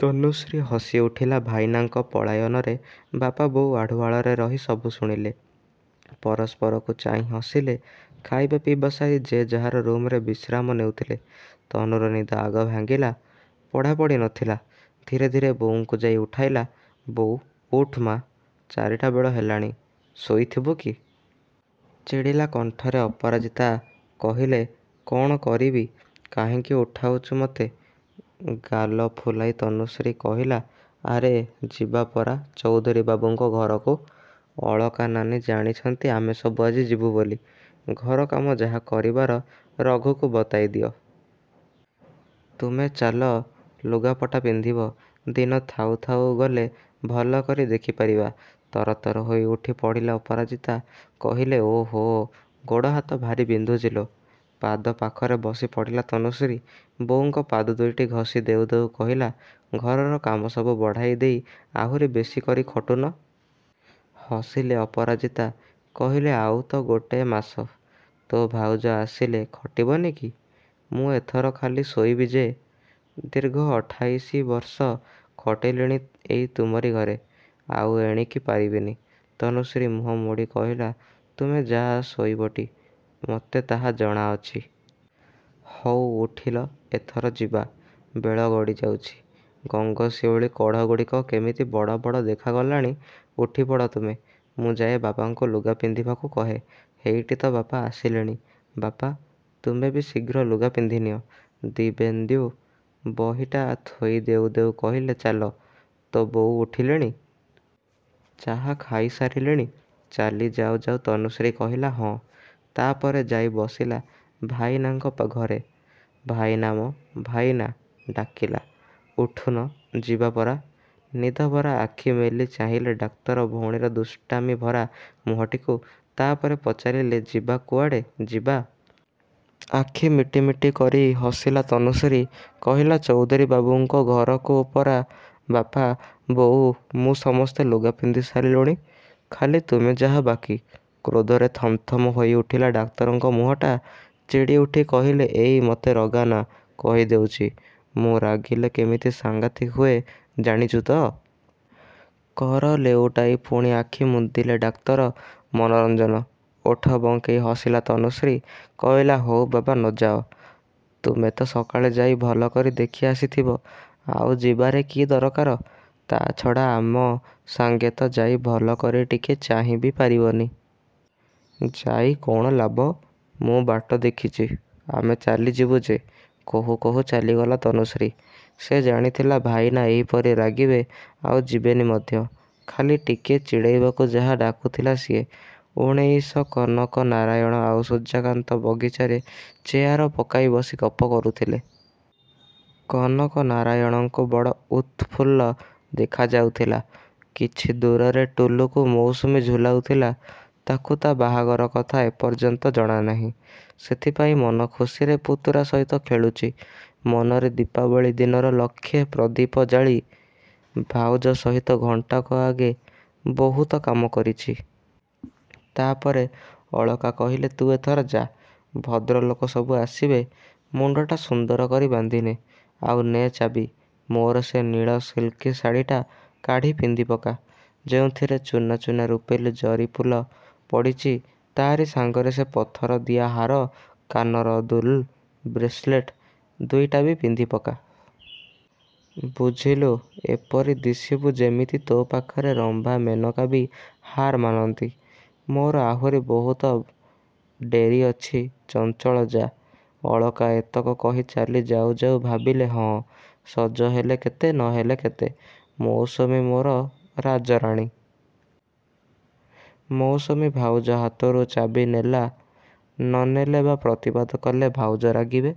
ତନୁଶ୍ରୀ ହସିଉଠିଲା ଭାଇନାଙ୍କ ପଳାୟନରେ। ବାପା-ବୋଉ ଆଢ଼ୁଆଳରେ ରହି ସବୁ ଶୁଣିଲେ। ପରସ୍ପରକୁ ଚାହିଁ ହସିଲେ। ଖାଇବା-ପିଇବା ସାରି ଯେ ଯାହାର ରୁମ୍‌ରେ ବିଶ୍ରାମ ନେଉଥିଲେ। ତନୁର ନିଦ ଆଗ ଭାଙ୍ଗିଲା। ପଢ଼ାପଢ଼ି ନଥିଲା। ଧୀରେ ଧୀରେ ବୋଉଙ୍କୁ ଯାଇ ଉଠାଇଲା। ବୋଉ, ଉଠ୍‌ ମ| ଚାରିଟାବେଳ ହେଲାଣି, ଶୋଇଥିବୁ କି? ଚିଡ଼ିଲା କଣ୍ଠରେ ଅପରାଜିତା କହିଲେ କ'ଣ କରିବି? କାହିଁକି ଉଠାଉଛୁ ମୋତେ? ଗାଲ ଫୁଲାଇ ତନୁଶ୍ରୀ କହିଲା "ଆରେ, ଯିବା ପରା ଚୌଧୁରୀବାବୁଙ୍କ ଘରକୁ। ଅଳକା ନାନୀ ଜାଣିଛନ୍ତି ଆମେ ସବୁ ଆଜି ଯିବୁ ବୋଲି। ଘର କାମ ଯାହା କରିବାର ରଘୁକୁ ବତାଇ ଦିଅ। ତୁମେ ଚାଲ, ଲୁଗାପଟା ପିନ୍ଧିବ। ଦିନ ଥାଉ ଥାଉ ଗଲେ ଭଲକରି ଦେଖିପାରିବା। ତରତର ହୋଇ ଉଠିପଡ଼ିଲେ ଅପରାଜିତା। କହିଲେ ଓଃ, ଗୋଡ଼-ହାତ ଭାରି ବିନ୍ଧୁଛି ଲୋ। ପାଦପାଖରେ ବସିପଡ଼ିଲା ତନୁଶ୍ରୀ। ବୋଉଙ୍କ ପାଦ ଦୁଇଟି ଘସି ଦେଉ ଦେଉ କହିଲା ଘରର କାମସବୁ ବଢ଼ାଇ ଦେଇ ଆହୁରି ବେଶି କରି ଖଟୁନ। ହସିଲେ ଅପରାଜିତା। କହିଲେ "ଆଉ ତ ଗୋଟେ ମାସ। ତୋ ଭାଉଜ ଆସିଲେ ଖଟିବନି କି? ମୁଁ ଏଥର ଖାଲି ଶୋଇବି ଯେ। ଦୀର୍ଘ ଅଠାଇଶ ବର୍ଷ ଖଟିଲିଣି ଏଇ ତୁମରି ଘରେ। ଆଉ ଏଣିକି ପାରିବିନି। ତନୁଶ୍ରୀ ମୁହଁ ମୋଡ଼ି କହିଲା ତୁମେ ଯାହା ଶୋଇବଟି, ମୋତେ ତାହା ଜଣାଅଛି। ହଉ ଉଠିଲ ଏଥର, ଯିବା। ବେଳ ଗଡ଼ିଯାଉଛି। ଗଙ୍ଗଶିଉଳି କଢ଼ଗୁଡ଼ିକ କେମିତି ବଡ଼ ବଡ଼ ଦେଖାଗଲାଣି। ଉଠିପଡ଼ ତୁମେ, ମୁଁ ଯାଏ ବାପାଙ୍କୁ ଲୁଗା ପିନ୍ଧିବାକୁ କହେ। ହେଇଟି ତ ବାପା ଆସିଲେଣି। ବାପା, ତୁମେ ବି ଶୀଘ୍ର ଲୁଗା ପିନ୍ଧିନିଅ। ଦିବ୍ୟେନ୍ଦୁ ବହିଟା ଥୋଇ ଦେଉ ଦେଉ କହିଲେ ଚାଲ, ତୋ ବୋଉ ଉଠିଲେଣି? ଚାହା ଖାଇ ସାରିଲେଣି? ଚାଲି ଯାଉ ଯାଉ ତନୁଶ୍ରୀ କହିଲା ହଁ। ତା'ପରେ ଯାଇ ବସିଲା ଭାଇନାଙ୍କ ଘରେ। ଭାଇନା ମ ଭାଇନା, ଡାକିଲା। ଉଠୁନ, ଯିବା ପରା। ନିଦଭରା ଆଖି ମେଲି ଚାହିଁଲେ ଡାକ୍ତର ଭଉଣୀର ଦୁଷ୍ଟାମିଭରା ମୁହଁଟିକୁ। ତା'ପରେ ପଚାରିଲେ ଯିବା କୁଆଡ଼େ ଯିବା? ଆଖି ମିଟିମିଟି କରି ହସିଲା ତନୁଶ୍ରୀ। କହିଲା ଚୌଧୁରୀବାବୁଙ୍କ ଘରକୁ ପରା ବାପା, ବୋଉ, ମୁଁ ସମସ୍ତେ ଲୁଗା ପିନ୍ଧି ସାରିଲୁଣି। ଖାଲି ତୁମେ ଯାହା ବାକି। କ୍ରୋଧରେ ଥମ୍‌ଥମ୍‌ ହୋଇଉଠିଲା ଡାକ୍ତରଙ୍କ ମୁହଁଟା। ଚିଡ଼ିଉଠି କହିଲେ "ଏଇ, ମୋତେ ରଗାନା, କହିଦେଉଛି। ମୁଁ ରାଗିଲେ କେମିତି ସାଙ୍ଘାତିକ ହୁଏ, ଜାଣିଛୁ ତ? କର ଲେଉଟାଇ ପୁଣି ଆଖି ମୁଦିଲେ ଡାକ୍ତର ମନୋରଞ୍ଜନ। ଓଠ ବଙ୍କେଇ ହସିଲା ତନୁଶ୍ରୀ। କହିଲା ହଉ ବାବା, ନଯାଅ। ତୁମେ ତ ସକାଳେ ଯାଇ ଭଲକରି ଦେଖି ଆସିଥିବ। ଆଉ ଯିବାରେ କି ଦରକାର? ତା'ଛଡ଼ା ଆମ ସାଙ୍ଗେ ତ ଯାଇ ଭଲକରି ଟିକିଏ ଚାହିଁ ବି ପାରିବନି। ଯାଇ କ'ଣ ଲାଭ? ମୁଁ ବାଟ ଦେଖିଛି। ଆମେ ଚାଲିଯିବୁ ଯେ। କହୁ କହୁ ଚାଲିଗଲା ତନୁଶ୍ରୀ। ସେ ଜାଣିଥିଲା ଭାଇନା ଏହିପରି ରାଗିବେ, ଆଉ ଯିବେନି ମଧ୍ୟ। ଖାଲି ଟିକିଏ ଚିଡ଼େଇବାକୁ ଯାହା ଡାକୁଥିଲା ସିଏ। ଉଣେଇଶ କନକ ନାରାୟଣ ଆଉ ସୂର୍ଯ୍ୟକାନ୍ତ ବଗିଚାରେ ଚେୟାର ପକାଇ ବସି ଗପ କରୁଥିଲେ। କନକନାରାୟଣଙ୍କୁ ବଡ଼ ଉତଫୁଲ୍ଲ ଦେଖାଯାଉଥିଲା। କିଛି ଦୂରରେ ଟୁଲୁକୁ ମୌସୁମୀ ଝୁଲାଉଥିଲା। ତାକୁ ତା' ବାହାଘର କଥା ଏପର୍ଯ୍ୟନ୍ତ ଜଣାନାହିଁ। ସେଥିପାଇଁ ମନଖୁସିରେ ପୁତୁରା ସହିତ ଖେଳୁଛି, ମନରେ ଦୀପାବଳି ଦିନର ଲକ୍ଷେ ପ୍ରଦୀପ ଜାଳି। ଭାଉଜ ସହିତ ଘଣ୍ଟାକ ଆଗେ ବହୁତ କାମ କରିଛି। ତା'ପରେ ଅଳକା କହିଲେ ତୁ ଏଥର ଯାଆ। ଭଦ୍ରଲୋକ ସବୁ ଆସିବେ। ମୁଣ୍ଡଟା ସୁନ୍ଦର କରି ବାନ୍ଧିନେ। ଆଉ ନେ ଚାବି। ମୋର ସେ ନୀଳ ସିଲ୍କି ଶାଢ଼ିଟା କାଢ଼ି ପିନ୍ଧିପକା, ଯେଉଁଥିରେ ଚୂନା ଚୂନା ରୂପେଲି ଜରିଫୁଲ ପଡ଼ିଛି। ତାରି ସାଙ୍ଗରେ ସେ ପଥରଦିଆ ହାର, କାନର ଦୁଲ୍‌, ବ୍ରେସଲେଟ୍‌ ଦୁଇଟା ବି ପିନ୍ଧିପକା। ବୁଝିଲୁ, ଏପରି ଦିଶିବୁ ଯେମିତି ତୋ ପାଖରେ ରମ୍ଭା, ମେନକା ବି ହାର୍‌ ମାନନ୍ତି। ମୋର ଆହୁରି ବହୁତ ଡେରି ଅଛି, ଚଞ୍ଛଳ ଯା। ଅଳକା ଏତକ କହି ଚାଲି ଯାଉ ଯାଉ ଭାବିଲେ ହଁ, ସଜହେଲେ କେତେ, ନହେଲେ କେତେ! ମୌସୁମୀ ମୋର ରାଜରାଣୀ। ମୌସୁମୀ ଭାଉଜ ହାତରୁ ଚାବି ନେଲା। ନ ନେଲେ ବା ପ୍ରତିବାଦ କଲେ ଭାଉଜ ରାଗିବେ।